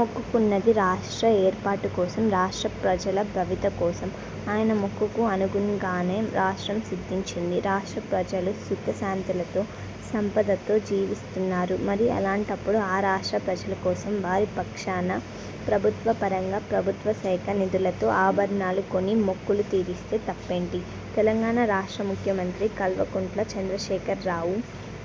మొక్కుకున్నది రాష్ట్రం ఏర్పాటు కోసం, రాష్ట్ర ప్రజల భవిత కోసం. ఆయన మొక్కుకు అనుగుణంగానే రాష్ట్రం సిద్ధించింది. రాష్ట్ర ప్రజలు సుఖ శాంతులతో, సంపదతో జీవిస్తున్నారు. మరి అలాంటప్పుడు ఆ రాష్ట్ర ప్రజల కోసం వారి పక్షాన ప్రభుత్వ పరంగా, ప్రభుత్వ శాఖ నిధులతో, ఆభరణాలు కొని మొక్కులు తీరిస్తే తప్పేంటి తెలంగాణ రాష్ట్ర ముఖ్యమంత్రి కల్వకుంట్ల చంద్రశేఖర రావు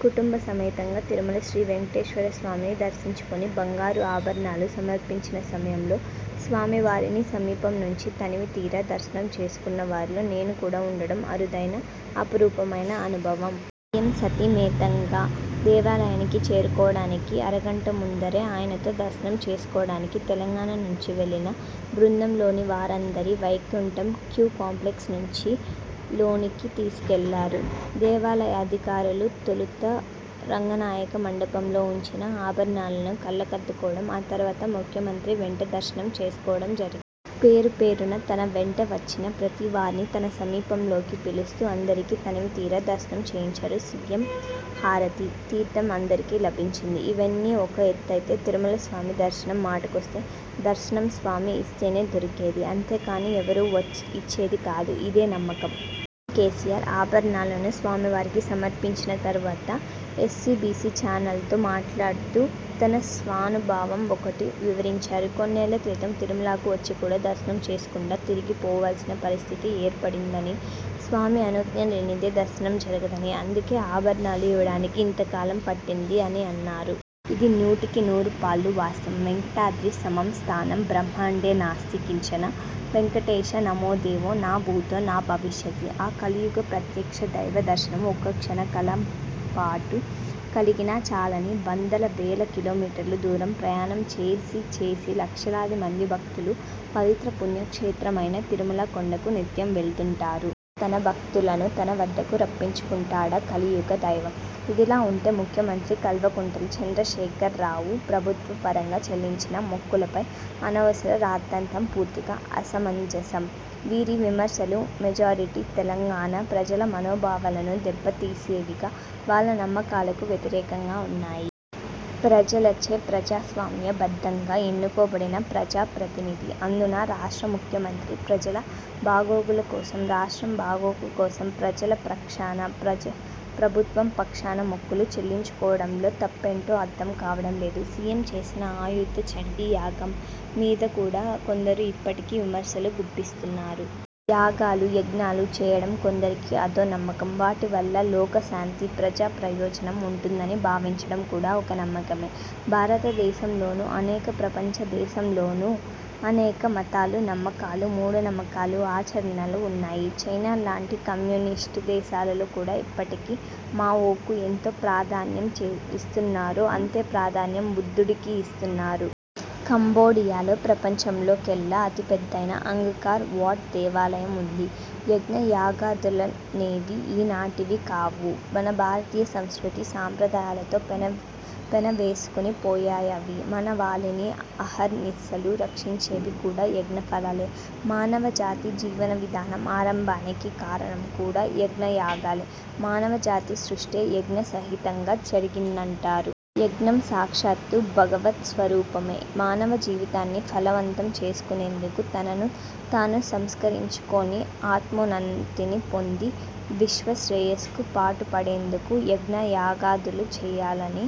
కుటుంబ సమేతంగా తిరుమల శ్రీ వేంకటేశ్వర స్వామిని దర్శించుకుని బంగారు ఆభరణాలు సమర్పించిన సమయంలో స్వామివారిని సమీపం నుంచి తనివి తీరా దర్శనం చేసుకున్న వారిలో నేను కూడా వుండడం అరుదైన, అపురూపమైన అనుభవం. సీఎం సతీ మేతంగా దేవాలయానికి చేరుకోవడానికి అర గంట ముందరే ఆయనతో దర్శనం చేసుకోవడానికి తెలంగాణ నుంచి వెళ్ళిన బృందంలోని వారందరి వైకుంఠం క్యూ కాంప్లెక్స్ నుంచి లోనికి తీసుకెళ్లారు దేవాలయాధికారులు. తొలుత రంగనాయక మండపంలో వుంచిన ఆభరణాలను కళ్లకద్దుకోవడం ఆ తరువాత ముఖ్యమంత్రి వెంట దర్శనం చేసుకోవడం జరిగింది. పేరుపేరునా తన వెంట వచ్చిన ప్రతివారినీ తన సమీపంలోకి పిలుస్తూ అందరికీ తనివితీరా దర్శనం చేయించారు సీఎం. హారతీ తీర్థం అందరికీ లభించింది. ఇవన్నీ ఒక ఎత్తైతే తిరుమల స్వామి దర్శనం మాటకొస్తే ''దర్శనం స్వామి ఇస్తేనే దొరికేది'' అంతేకానీ ఎవరూ వచ్చిఇచ్చేది కాదు. ఇదే నమ్మకం. కేసీఆర్ ఆభరణాలను స్వామివారికి సమర్పించిన తరువాత ఎస్వీబీసీ ఛానల్తో మాట్లాడుతూ తన స్వానుభావం ఒకటి వివరించారు. కొన్నేళ్ల క్రితం తిరుమలాకు వచ్చి కూడా, దర్శనం చేసుకోకుండా తిరిగి పోవాల్సిన పరిస్థితి ఏర్పడిందని, స్వామి అనుజ్ఞ లేనిదే దర్శనం జరగదని, అందుకే ఆభరణాలు ఇవ్వడానికి ఇంత కాలం పట్టిందీఅనీ, అన్నారు. ఇది నూటికి నూరు పాళ్లు వాస్తవం. ''వేంకటాద్రి సమం స్థానం బ్రహ్మాండే నాస్తి కించన, వేంకటేశ సమోదేవో న భూతో న భవిష్యతి''. ఆ కలియుగ ప్రత్యక్ష దైవ దర్శనం ఒక్క క్షణ కాలంపాటు కలిగినా చాలని, వందల వేల కిలోమీటర్ల దూరం ప్రయాణం చేసి చేసి, లక్షలాది మంది భక్తులు, పవిత్ర పుణ్య క్షేత్రమైన తిరుమల కొండకు నిత్యం వెళుతుంటారు. తన భక్తులను తన వద్దకు రప్పించుకుంటాడా కలియుగ దైవం! ఇదిలా వుంటే ముఖ్యమంత్రి కల్వకుంట్ల చంద్రశేఖర్ రావు ప్రభుత్వ పరంగా చెల్లించిన మొక్కులపై అనవసర రాద్ధాంతం పూర్తిగా అసమంజసం. వీరి విమర్శలు మెజారిటీ తెలంగాణ ప్రజల మనోభావాలను దెబ్బతీసేవిగా, వాళ్ల నమ్మకాలకు వ్యతిరేకంగా వున్నాయి. ప్రజలచే ప్రజాస్వామ్య బద్ధంగా ఎన్నుకోబడిన ప్రజా ప్రతినిధి, అందునా రాష్ట్ర ముఖ్యమంత్రి, ప్రజల బాగోగుల కోసం, రాష్ట్రం బాగుకోసం, ప్రజల పక్షాన, ప్రజ ప్రభుత్వ పక్షాన మొక్కులు చెల్లించుకోవడంలో తప్పేంటో అర్థం కావడం లేదు. సీఎం చేసిన ఆయుత చండీ యాగం మీద కూడా కొందరు ఇప్పటికీ విమర్శలు గుప్పిస్తున్నారు. యాగాలు యజ్ఞాలు చేయడం కొందరికి అదో నమ్మకం. వాటివల్ల లోక శాంతి ప్రజా ప్రయోజనం వుంటుందని భావించడం కూడా ఒక నమ్మకమే. భారతదేశంలోను అనేక ప్రపంచ దేశంలోను అనేక మతాలు నమ్మకాలు, మూఢనమ్మకాలు ఆచరణలు వున్నాయి. చైనా లాంటి కమ్యూనిస్టు దేశాలలో కూడా ఇప్పటికీ మావోకు ఎంత ప్రాధాన్యం చే ఇస్తున్నారో అంతే ప్రాధాన్యం బుద్ధుడికీ ఇస్తున్నారు. కంబోడియాలో ప్రపంచంలో కెల్లా అతిపెదైన అంగ్కార్ వాట్ దేవాలయం వుంది. యజ్ఞయాగాదులనేవి ఈనాటివి కావు. మన భారతీయ సంస్కృతీ సంప్రదాయాలతో పెన పెనవేసుకునిపోయాయవి. మానవాళిని అహర్నిశలూ రక్షించేవి కూడా యజ్ఞ ఫలాలే. మానవ జాతి జీవన విధానం ఆరంభానికి కారణం కూడా యజ్ఞ యాగాలే. మానవ జాతి సృష్టే యజ్ఞ సహితంగా జరిగిందంటారు. యజ్ఞం సాక్షాత్తు భగవత్ స్వరూపమే. మానవ జీవితాన్ని ఫలవంతం చేసుకునేందుకు, తనను తాను సంస్కరించుకుని, ఆత్మోన్నతిని పొంది విశ్వ శ్రేయస్సుకు పాటుపడేందుకు యజ్ఞయాగాదులు చేయాలని